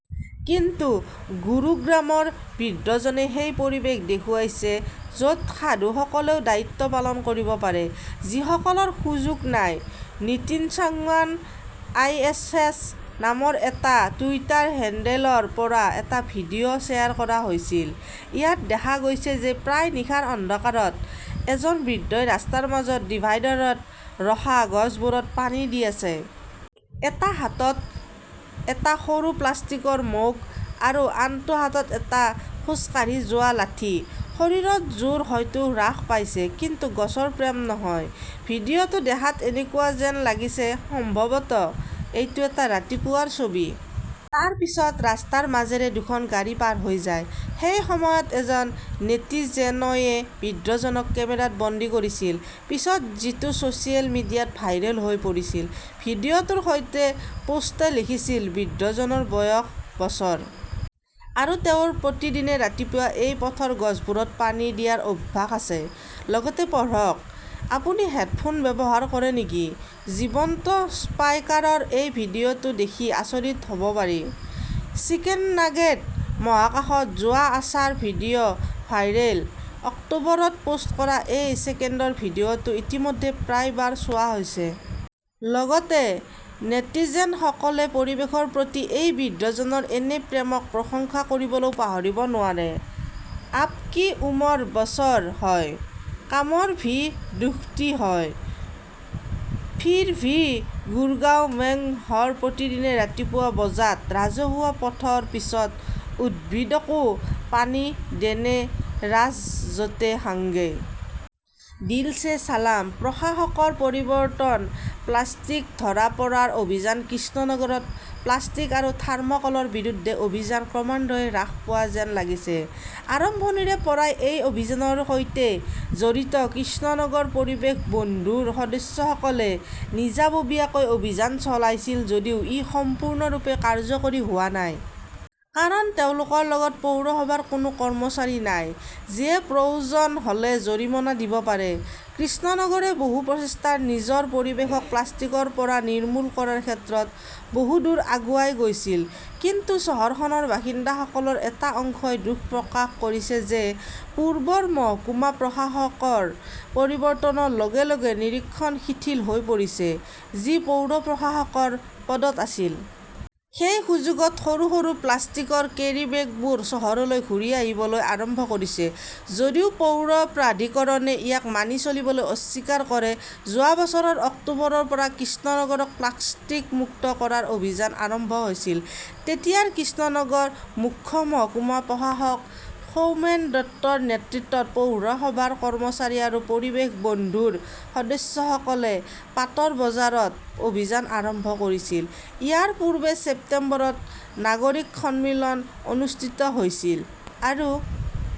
কিন্তু গুৰুগ্ৰামৰ বৃদ্ধজনে সেই পৰিৱেশ দেখুৱাইছে য 'ত সাধুসকলেও দায়িত্ব পালন কৰিব পাৰে, যিসকলৰ সুযোগ নাই। নিতিন চাংৱান আইএএছ নামৰ এটা টুইটাৰ হেণ্ডেলৰ পৰা এটা ভিডিঅ "শ্বেয়াৰ কৰা হৈছিল। ইয়াত দেখা গৈছে যে প্ৰায় নিশাৰ অন্ধকাৰত এজন বৃদ্ধই ৰাস্তাৰ মাজৰ ডিভাইডাৰত ৰখা গছবোৰত পানী দি আছে। এটা হাতত এটা সৰু প্লাষ্টিকৰ মগ আৰু আনটো হাতত এটা খোজকাঢ়ি যোৱা লাঠি। শৰীৰত জোৰ হয়তো হ্ৰাস পাইছে কিন্তু গছৰ প্ৰেম নহয়! ভিডিঅ "টো দেখাত এনেকুৱা যেন লাগিছে, সম্ভৱতঃ এইটো এটা ৰাতিপুৱাৰ ছবি। তাৰ পিছত ৰাস্তাৰ মাজেৰে দুখন গাড়ী পাৰ হৈ যায়। সেই সময়ত এজন নেটিজেনয়ে বৃদ্ধজনক কেমেৰাত বন্দী কৰিছিল। পিছত যিটো ছ "চিয়েল মিডিয়াত ভাইৰেল হৈ পৰিছিল। ভিডিঅ "টোৰ সৈতে পোষ্টে লিখিছিল, 'বৃদ্ধজনৰ বয়স বছৰ। আৰু তেওঁৰ প্ৰতিদিনে ৰাতিপুৱা এই পথৰ গছবোৰত পানী দিয়াৰ অভ্যাস আছে। "লগতে পঢ়কঃ আপুনি হেডফোন ব্যৱহাৰ কৰে নেকি? জীৱন্ত স্পাইকাৰৰ এই ভিডিঅ "টো দেখি আচৰিত হ 'ব পাৰিঃ' চিকেন নাগেট" মহাকাশত, যোৱা আছাৰ ভিডিঅ 'ভাইৰেল অক্টোবৰত পোষ্ট কৰা এই ছেকেণ্ডৰ ভিডিঅ' টো ইতিমধ্যে প্ৰায় বাৰ চোৱা হৈছে। লগতে, নেটিজেনসকলে পৰিৱেশৰ প্ৰতি এই বৃদ্ধজনৰ এনে প্ৰেমক প্ৰশংসা কৰিবলৈও পাহৰিব নোৱাৰে। আপ কি উমৰ বছৰ হয়, কামৰ ভি দুখতী হয়। ফিৰ ভি, গুৰগাঁৱ মেং হৰ প্ৰতিদিনে ৰাতিপুৱা বজাত ৰাজহুৱা পথৰ পিছত উদ্ভিদ কো পানী দেনে ৰাচ জটে হাংগে। দিল ছে ছালাম.. /। প্ৰশাসকৰ পৰিৱৰ্তন, প্লাষ্টিক ধৰা পৰাৰ অভিযান কৃষ্ণনগৰত প্লাষ্টিক আৰু থাৰ্ম "কলৰ বিৰুদ্ধে অভিযান ক্ৰমান্বয়ে হ্ৰাস পোৱা যেন লাগিছে। আৰম্ভণিৰে পৰাই এই অভিযানৰ সৈতে জড়িত 'কৃষ্ণনগৰ পৰিৱেশ বন্ধু "ৰ সদস্যসকলে নিজাববীয়াকৈ অভিযান চলাইছিল যদিও ই সম্পূৰ্ণৰূপে কাৰ্যকৰী হোৱা নাই। কাৰণ তেওঁলোকৰ লগত পৌৰসভাৰ কোনো কৰ্মচাৰী নাই যিয়ে প্ৰয়োজন হ "লে জৰিমনা দিব পাৰে। কৃষ্ণনগৰে বহু প্ৰচেষ্টাৰে নিজৰ পৰিৱেশক প্লাষ্টিকৰ পৰা নিৰ্মূল কৰাৰ ক্ষেত্ৰত বহু দূৰ আগুৱাই গৈছিল। কিন্তু চহৰখনৰ বাসিন্দাসকলৰ এটা অংশই দুখ প্ৰকাশ কৰিছে যে পূৰ্বৰ মহকুমা প্ৰশাসকৰ পৰিৱৰ্তনৰ লগে লগে নিৰীক্ষণ শিথিল হৈ পৰিছে, যি পৌৰ প্ৰশাসকৰ পদত আছিল। সেই সুযোগত, সৰু সৰু প্লাষ্টিকৰ কেৰিব্যাগবোৰ চহৰলৈ ঘূৰি আহিবলৈ আৰম্ভ কৰিছে। যদিও পৌৰ প্ৰাধিকৰণে ইয়াক মানি চলিবলৈ অস্বীকাৰ কৰে। যোৱা বছৰৰ অক্টোবৰৰ পৰা কৃষ্ণনগৰক প্লাষ্টিক মুক্ত কৰাৰ অভিযান আৰম্ভ হৈছিল। তেতিয়াৰ কৃষ্ণনগৰ মুখ্য মহকুমা প্ৰশাসক সৌমেন দত্তৰ নেতৃত্বত পৌৰসভাৰ কৰ্মচাৰী আৰু 'পৰিৱেশ বন্ধু "ৰ সদস্যসকলে পাতৰ বজাৰত অভিযান আৰম্ভ কৰিছিল। ইয়াৰ পূৰ্বে ছেপ্টেম্বৰত নাগৰিক সন্মিলন অনুষ্ঠিত হৈছিল আৰু